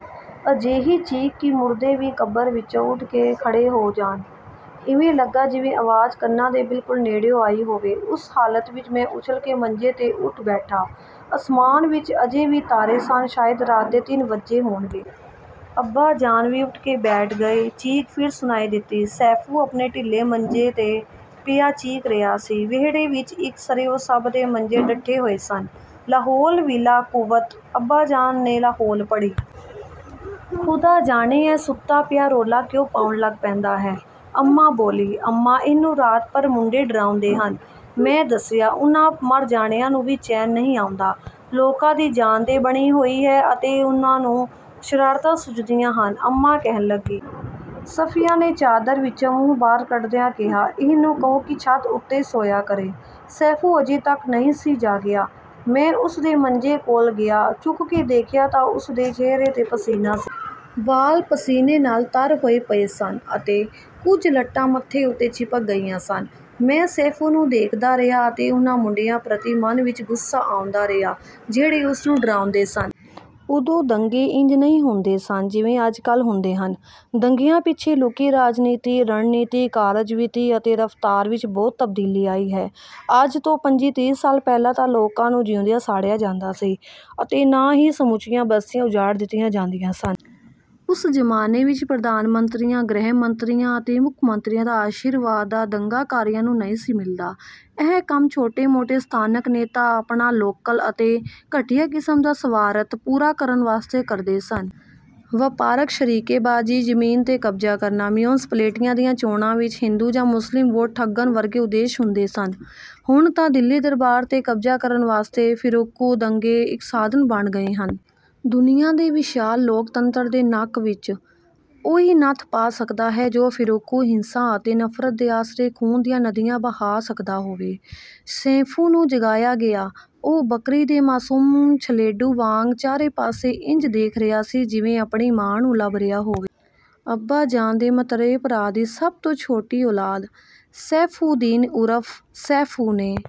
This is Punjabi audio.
ਅਜਿਹੀ ਚੀਕ ਕਿ ਮੁਰਦੇ ਵੀ ਕਬਰ ਵਿੱਚੋਂ ਉੱਠ ਕੇ ਖੜ੍ਹੇ ਹੋ ਜਾਣ! ਇਵੇਂ ਲੱਗਾ ਜਿਵੇਂ ਆਵਾਜ਼ ਕੰਨਾਂ ਦੇ ਬਿਲਕੁਲ ਨੇੜਿਓਂ ਆਈ ਹੋਵੇ। ਉਸ ਹਾਲਤ ਵਿੱਚ... ਮੈਂ ਉੱਛਲ ਕੇ ਮੰਜੇ 'ਤੇ ਉੱਠ ਬੈਠਾ। ਅਸਮਾਨ ਵਿੱਚ ਅਜੇ ਵੀ ਤਾਰੇ ਸਨ, ਸ਼ਾਇਦ ਰਾਤ ਦੇ ਤਿੰਨ ਵੱਜੇ ਹੋਣਗੇ। ਅੱਬਾਜਾਨ ਵੀ ਉੱਠ ਕੇ ਬੈਠ ਗਏ। ਚੀਕ ਫਿਰ ਸੁਣਾਈ ਦਿੱਤੀ। ਸੈਫ਼ੂ ਆਪਣੇ ਢਿੱਲੇ ਮੰਜੇ 'ਤੇ ਪਿਆ ਚੀਕ ਰਿਹਾ ਸੀ। ਵਿਹੜੇ ਵਿੱਚ ਇੱਕ ਸਿਰਿਓਂ ਸਭ ਦੇ ਮੰਜੇ ਡੱਠੇ ਹੋਏ ਸਨ। "ਲਾਹੌਲ ਵਿਲਾ ਕੂਵਤ..." ਅੱਬਾਜਾਨ ਨੇ ਲਾਹੌਲ ਪੜ੍ਹੀ। "ਖ਼ੁਦਾ ਜਾਣੇ ਇਹ ਸੁੱਤਾ ਪਿਆ ਰੌਲਾ ਕਿਉਂ ਪਾਉਣ ਲੱਗ ਪੈਂਦਾ ਹੈ!" ਅੰਮਾ ਬੋਲੀ। "ਅੰਮਾ, ਇਹਨੂੰ ਰਾਤ ਭਰ ਮੁੰਡੇ ਡਰਾਉਂਦੇ ਹਨ..." ਮੈਂ ਦੱਸਿਆ। "ਉਹਨਾਂ ਮਰ ਜਾਣਿਆਂ ਨੂੰ ਵੀ ਚੈਨ ਨਹੀਂ ਆਉਂਦਾ! ਲੋਕਾਂ ਦੀ ਜਾਨ 'ਤੇ ਬਣੀ ਹੋਈ ਹੈ ਅਤੇ ਉਹਨਾਂ ਨੂੰ ਸ਼ਰਾਰਤਾਂ ਸੁਝਦੀਆਂ ਹਨ," ਅੰਮਾ ਕਹਿਣ ਲੱਗੀ। ਸਫ਼ੀਆ ਨੇ ਚਾਦਰ ਵਿੱਚੋਂ ਮੂੰਹ ਬਾਹਰ ਕੱਢਦਿਆਂ ਕਿਹਾ, "ਇਹਨੂੰ ਕਹੋ ਕਿ ਛੱਤ ਉੱਤੇ ਸੌਂਇਆ ਕਰੇ।" ਸੈਫ਼ੂ ਅਜੇ ਤੱਕ ਨਹੀਂ ਸੀ ਜਾਗਿਆ। ਮੈਂ ਉਸ ਦੇ ਮੰਜੇ ਕੋਲ ਗਿਆ, ਝੁਕ ਕੇ ਦੇਖਿਆ ਤਾਂ ਉਸ ਦੇ ਚਿਹਰੇ 'ਤੇ ਪਸੀਨਾ ਸੀ। ਵਾਲ਼ ਪਸੀਨੇ ਨਾਲ ਤਰ ਹੋਏ ਪਏ ਸਨ ਅਤੇ ਕੁਝ ਲਟਾਂ ਮੱਥੇ ਉੱਤੇ ਚਿਪਕ ਗਈਆਂ ਸਨ। ਮੈਂ ਸੈਫ਼ੂ ਨੂੰ ਦੇਖਦਾ ਰਿਹਾ ਅਤੇ ਉਹਨਾਂ ਮੁੰਡਿਆਂ ਪ੍ਰਤੀ ਮਨ ਵਿੱਚ ਗੁੱਸਾ ਆਉਂਦਾ ਰਿਹਾ ਜਿਹੜੇ ਉਸ ਨੂੰ ਡਰਾਉਂਦੇ ਸਨ। ਉਦੋਂ ਦੰਗੇ ਇੰਜ ਨਹੀਂ ਹੁੰਦੇ ਸਨ ਜਿਵੇਂ ਅੱਜ-ਕੱਲ੍ਹ ਹੁੰਦੇ ਹਨ। ਦੰਗਿਆਂ ਪਿੱਛੇ ਲੁਕੀ ਰਾਜਨੀਤੀ, ਰਣਨੀਤੀ, ਕਾਰਜ-ਵਿਧੀ ਅਤੇ ਰਫ਼ਤਾਰ ਵਿੱਚ ਬਹੁਤ ਤਬਦੀਲੀ ਆਈ ਹੈ। ਅੱਜ ਤੋਂ ਪੰਝੀ-ਤੀਹ ਸਾਲ ਪਹਿਲਾਂ ਨਾ ਤਾਂ ਲੋਕਾਂ ਨੂੰ ਜਿਊਂਦਿਆਂ ਸਾੜਿਆ ਜਾਂਦਾ ਸੀ, ਅਤੇ ਨਾ ਹੀ ਸਮੁੱਚੀਆਂ ਬਸਤੀਆਂ ਉਜਾੜ ਦਿੱਤੀਆਂ ਜਾਂਦੀਆਂ ਸਨ। ਉਸ ਜ਼ਮਾਨੇ ਵਿੱਚ ਪ੍ਰਧਾਨ ਮੰਤਰੀਆਂ, ਗ੍ਰਹਿ ਮੰਤਰੀਆਂ ਅਤੇ ਮੁੱਖ ਮੰਤਰੀਆਂ ਦਾ ਅਸ਼ੀਰਵਾਦ ਵੀ ਦੰਗਾਕਾਰੀਆਂ ਨੂੰ ਨਹੀਂ ਸੀ ਮਿਲਦਾ। ਇਹ ਕੰਮ ਛੋਟੇ-ਮੋਟੇ ਸਥਾਨਕ ਨੇਤਾ ਆਪਣਾ ਲੋਕਲ ਅਤੇ ਘਟੀਆ ਕਿਸਮ ਦਾ ਸਵਾਰਥ ਪੂਰਾ ਕਰਨ ਵਾਸਤੇ ਕਰਦੇ ਸਨ। ਵਪਾਰਕ ਸ਼ਰੀਕੇਬਾਜ਼ੀ, ਜ਼ਮੀਨ 'ਤੇ ਕਬਜ਼ਾ ਕਰਨਾ, ਮਿਉਂਸਪੈਲਟੀਆਂ ਦੀਆਂ ਚੋਣਾਂ ਵਿੱਚ ਹਿੰਦੂ ਜਾਂ ਮੁਸਲਿਮ ਵੋਟ ਠੱਗਣ ਵਰਗੇ ਉਦੇਸ਼ ਹੁੰਦੇ ਸਨ। ਹੁਣ ਤਾਂ ਦਿੱਲੀ ਦਰਬਾਰ 'ਤੇ ਕਬਜ਼ਾ ਕਰਨ ਵਾਸਤੇ ਫ਼ਿਰਕੂ ਦੰਗੇ ਇੱਕ ਸਾਧਨ ਬਣ ਗਏ ਹਨ। ਦੁਨੀਆ ਦੇ ਵਿਸ਼ਾਲ ਲੋਕਤੰਤਰ ਦੇ ਨੱਕ ਵਿੱਚ ਉਹੀ ਨੱਥ ਪਾ ਸਕਦਾ ਹੈ ਜੋ ਫ਼ਿਰਕੂ ਹਿੰਸਾ ਅਤੇ ਨਫ਼ਰਤ ਦੇ ਆਸਰੇ ਖ਼ੂਨ ਦੀਆਂ ਨਦੀਆਂ ਬਹਾ ਸਕਦਾ ਹੋਵੇ। ਸੈਫ਼ੂ ਨੂੰ ਜਗਾਇਆ ਗਿਆ। ਉਹ ਬੱਕਰੀ ਦੇ ਮਾਸੂਮ ਛਲੇਡੂ ਵਾਂਗ ਚਾਰੇ ਪਾਸੇ ਇੰਜ ਦੇਖ ਰਿਹਾ ਸੀ ਜਿਵੇਂ ਆਪਣੀ ਮਾਂ ਨੂੰ ਲੱਭ ਰਿਹਾ ਹੋਵੇ। ਅੱਬਾਜਾਨ ਦੇ ਮਤਰੇਏ ਭਰਾ ਦੀ ਸਭ ਤੋਂ ਛੋਟੀ ਔਲਾਦ ਸੈਫ਼ੂ ਦੀਨ ਉਰਫ਼ ਸੈਫ਼ੂ ਨੇ